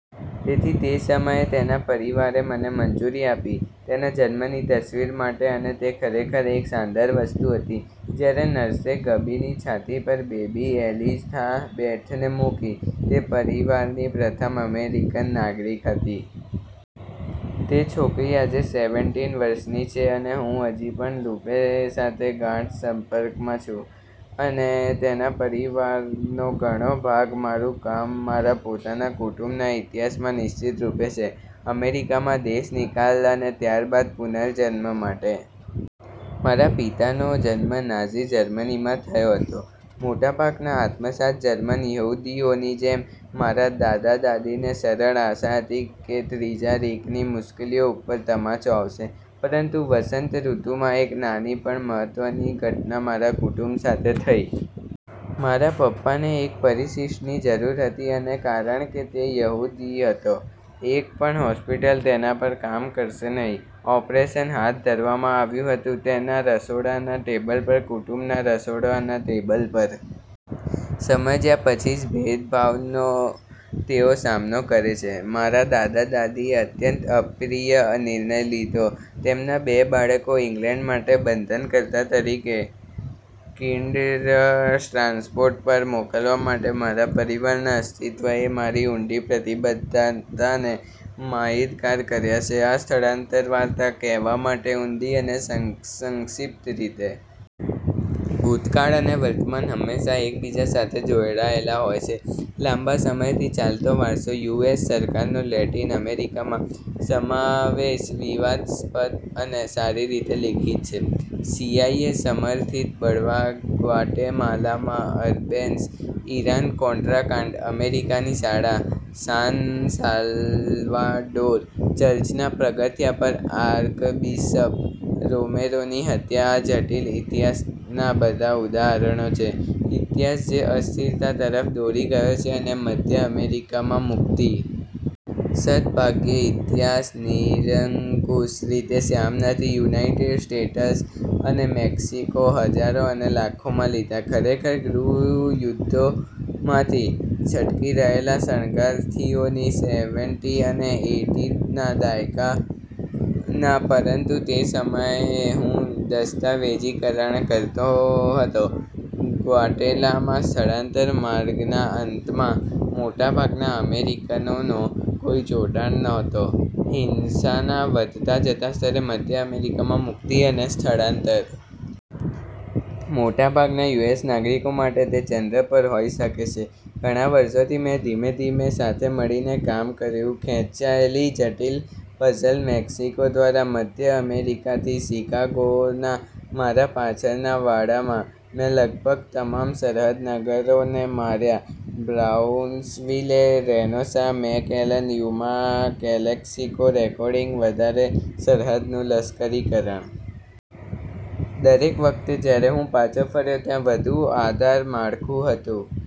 તેથી તે સમયે તેના પરિવારે મને મંજૂરી આપી તેના જન્મની તસ્વીર માટે અને તે ખરેખર એક શાનદાર વસ્તુ હતી જ્યારે નર્સે ગબીની છાતી પર બેબી એલિઝાબેથને મૂકી. તે પરિવારની પ્રથમ અમેરિકન નાગરિક હતી. તે છોકરી આજે સેવેનટીન વર્ષની છે અને હું હજી પણ લુપે સાથે ગાઢ સંપર્કમાં છું અને તેના પરિવારનો ઘણો ભાગ. મારું કામ મારા પોતાના કુટુંબના ઇતિહાસમાં નિશ્ચિતરૂપે છે અમેરિકામાં દેશનિકાલ અને ત્યારબાદ પુનર્જન્મ માટે. મારા પિતાનો જન્મ નાઝી જર્મનીમાં થયો હતો. મોટાભાગના આત્મસાત જર્મન યહૂદીઓની જેમ, મારા દાદા દાદીને સરળ આશા હતી કે ત્રીજા રીકની મુશ્કેલીઓ ઉપર તમાચો આવશે. પરંતુ વસંત ઋતુમાં એક નાની પણ મહત્વની ઘટના મારા કુટુંબ સાથે થયી. મારા પપ્પાને એક પરિશિષ્ટની જરૂર હતી અને કારણ કે તે યહૂદી હતો, એક પણ હોસ્પિટલ તેના પર કામ કરશે નહીં. ઓપરેશન હાથ ધરવામાં આવ્યું હતું તેના રસોડાના ટેબલ પર, કુટુંબના રસોડાના ટેબલ પર. સમજ્યા પછી જ ભેદભાવનો તેઓ સામનો કરે છે, મારા દાદા દાદી એ અત્યંત અપ્રિય નિર્ણય લીધો તેમના બે બાળકો ઇંગ્લેન્ડ માટે બંધનકર્તા તરીકે કિન્ડરટ્રાન્સપોર્ટ પર મોકલવા માટે. મારા પરિવારના અસ્તિત્વ એ મારી ઊંડી પ્રતિબદ્ધતાને માહિતગાર કર્યા છે આ સ્થળાંતર વાર્તા કહેવા માટે ઊંડી અને સંક્ષિપ્ત રીતે. ભૂતકાળ અને વર્તમાન હંમેશાં એકબીજા સાથે જોડાયેલા હોય છે. લાંબા સમયથી ચાલતો વારસો યુ.એસ સરકારનો લેટિન અમેરિકામાં સમાવેશ વિવાદસ્પદ અને સારી રીતે લિખિત છે. સીઆઈએ સમર્થિત બળવા ગ્વાટેમાલામાં અર્બેન્સ, ઈરાન-કોન્ટ્રા કાંડ, અમેરિકાની શાળા, સાન સાલ્વાડોર ચર્ચના પગથિયા પર આર્કબિશપ રોમેરોની હત્યા આ જટિલ ઇતિહાસના બધા ઉદાહરણો છે, ઇતિહાસ જે અસ્થિરતા તરફ દોરી ગયો છે અને મધ્ય અમેરિકામાં મુક્તિ. સદભાગ્યે, ઇતિહાસ નિરંકુશ રીતે શ્યામ નથી. યુનાઇટેડ સ્ટેટ્સ અને મેક્સિકો હજારો અને લાખોમાં લીધા. ખરેખર, ગૃહ યુદ્ધોમાંથી છટકી રહેલા શરણાર્થીઓની સેવેનટી અને એઈટીના દાયકાના પરંતુ તે સમયે હું દસ્તાવેજીકરણ કરતો હતો ગ્વાટેમાલામાં સ્થળાંતર માર્ગના અંતમાં, મોટાભાગના અમેરિકનોનો કોઈ જોડાણ નહોતો હિંસાના વધતા જતા સ્તરે, મધ્ય અમેરિકામાં મુક્તિ અને સ્થળાંતર. મોટાભાગના યુએસ નાગરિકો માટે તે ચંદ્ર પણ હોઈ શકે છે. ઘણા વર્ષોથી મેં ધીમે ધીમે સાથે મળીને કામ કર્યું ખેંચાયેલી જટિલ પઝલ મેક્સિકો દ્વારા મધ્ય અમેરિકાથી શિકાગોના મારા પાછળના વાડામાં. મેં લગભગ તમામ સરહદ નગરોને માર્યા Brownsville, Reynosa, McAllen, Yuma, Calexico recording વધારે સરહદનું લશ્કરીકરણ. દરેક વખતે જ્યારે હું પાછો ફર્યો, ત્યાં વધુ આધાર માળખું હતું.